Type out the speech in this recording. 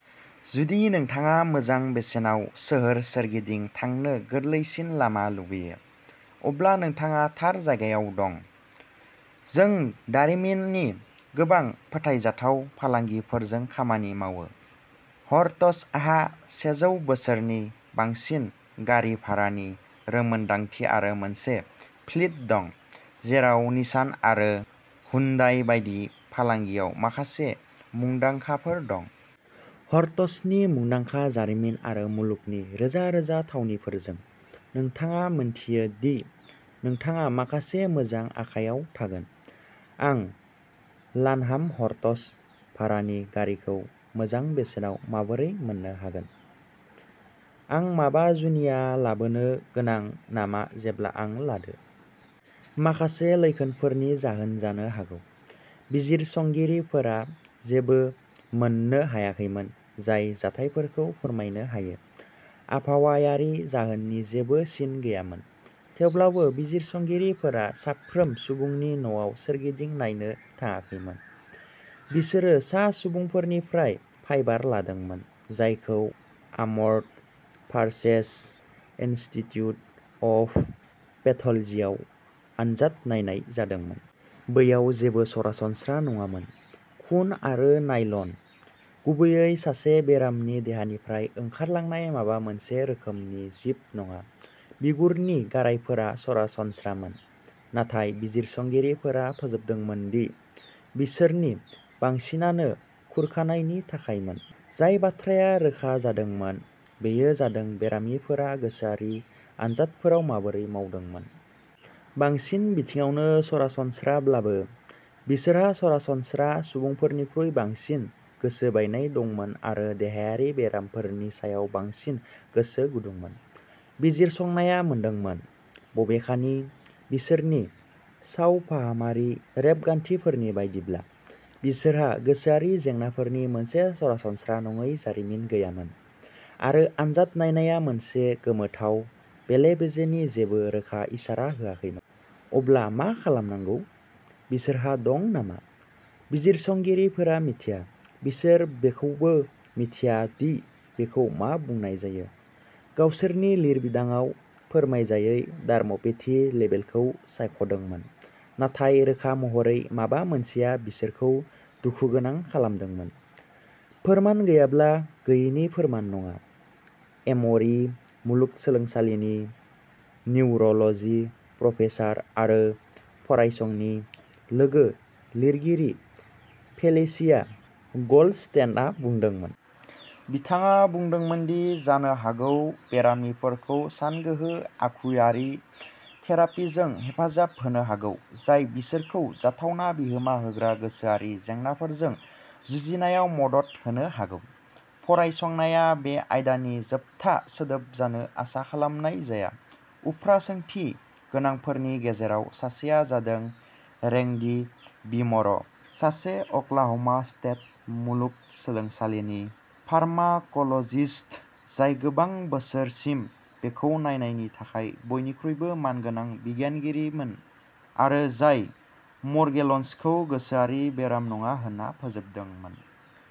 जुदि नोंथाङा मोजां बेसेनाव सोहोर सोरगिदिं थांनो गोरलैसिन लामा लुगैयो, अब्ला नोंथाङा थार जायगायाव दं। जों दारिमिननि गोबां फोथायजाथाव फालांगिफोरजों खामानि मावो। हर्टजहा सेजौ बोसोरनि बांसिन गारि भारानि रोंमोनदांथि आरो मोनसे फ्लीट दं, जेराव निसान आरो हुन्डाइ बायदि फालांगियाव माखासे मुंदांखाफोर दं। हर्टजनि मुंदांखा जारिमिन आरो मुलुगनि रोजा-रोजा थावनिफोरजों, नोंथाङा मिन्थियो दि नोंथाङा माखासे मोजां आखाइयाव थागोन। आं लानहाम हर्टज भारानि गारिखौ मोजां बेसेनाव माबोरै मोन्नो हागोन? आं माबा जुनिया लाबोनो गोनां नामा जेब्ला आं लादो? माखासे लैखोनफोरनि जाहोन जानो हागौ। बिजिरसंगिरिफोरा जेबो मोननो हायाखैमोन जाय जाथायफोरखौ फोरमायनो हायो। आबहावायारि जाहोननि जेबो सिन गैयामोन, थेवब्लाबो बिजिरसंगिरिफोरा साफ्रोम सुबुंनि न'आव सोरगिदिं नायनो थाङाखैमोन। बिसोरो सा सुबुंफोरनिफ्राय फाइबार लादोंमोन, जायखौ आर्म्ड फोर्सेस इनस्टिट्युट अफ पेथलजियाव आनजाद नायनाय जादोंमोन। बैयाव जेबो सरासनस्रा नङामोन। खुन आरो नायल'न, गुबैयै-सासे बेरामिनि देहानिफ्राय ओंखारलांनाय माबा मोनसे रोखोमनि जिब नङा। बिगुरनि गारायफोरा सरासनस्रामोन, नाथाय बिजिरसंगिरिफोरा फोजोबदोंमोन दि बिसोरनि बांसिनानो खुरखानायनि थाखायमोन। जाय बाथ्राया रोखा जादोंमोन बेयो जादों बेरामिफोरा गोसोआरि आनजादफोराव माबोरै मावदोंमोन। बांसिन बिथिङावनो सरासनस्राब्लाबो, बिसोरहा सरासनस्रा सुबुंफोरनिख्रुइ बांसिन गोसोबायनाय दंमोन आरो देहायारि बेरामफोरनि सायाव बांसिन गोसो गुदुंमोन, बिजिरसंनाया मोनदोंमोन। बबेखानि, बिसोरनि सावफाहामारि रेबगान्थिफोरनि बायदिब्ला, बिसोरहा गोसोआरि जेंनाफोरनि मोनसे सरासनस्रा नङै जारिमिन गैयामोन। आरो आनजाद नायनाया मोनसे गोमोथाव बेले-बेजेनि जेबो रोखा इसारा होआखैमोन। अब्ला मा खालामनांगौ? बिसोरहा दं नामा? बिजिरसंगिरिफोरा मिथिया। बिसोर बेखौबो मिथिया दि बेखौ मा बुंनाय जायो, गावसोरनि लिरबिदांआव "फोरमायजायै डार्म'पेथि" लेबेलखौ सायख'दोंमोन। नाथाय रोखा महरै, माबा मोनसेया बिसोरखौ दुखु गोनां खालामदोंमोन। "फोरमान गैयाब्ला गैयैनि फोरमान नङा", एम'रि मुलुगसोलोंसालिनि निउर'ल'जि प्रफेसार आरो फरायसंनि लोगो-लिरगिरि फेलिसिया ग'ल्डस्टेइनआ बुंदोंमोन। बिथाङा बुंदोंमोन दि जानो हागौ बेरामिफोरखौ सानगोहो आखुयारि थेरापिजों हेफाजाब होनो हागौ जाय बिसोरखौ जाथावना बिहोमा होग्रा गोसोआरि जेंनाफोरजों जुजिनायाव मदद होनो हागौ। फरायसंनाया बे आयदानि जोबथा सोदोब जानो आसा खालामनाय जाया। उफ्रा सोंथि गोनांफोरनि गेजेराव सासेआ जादों रेंडि विम'र, सासे अक्लाह'मा स्टेट मुलुगसोलोंसालिनि फार्माक'ल'जिस्ट, जाय गोबां बोसोरसिम बेखौ नायनायनि थाखाय बयनिख्रुइबो मानगोनां बिगियानगिरिमोन आरो जाय म'र्गेलन्सखौ गोसोआरि बेराम नङा होन्ना फोजोबदोंमोन।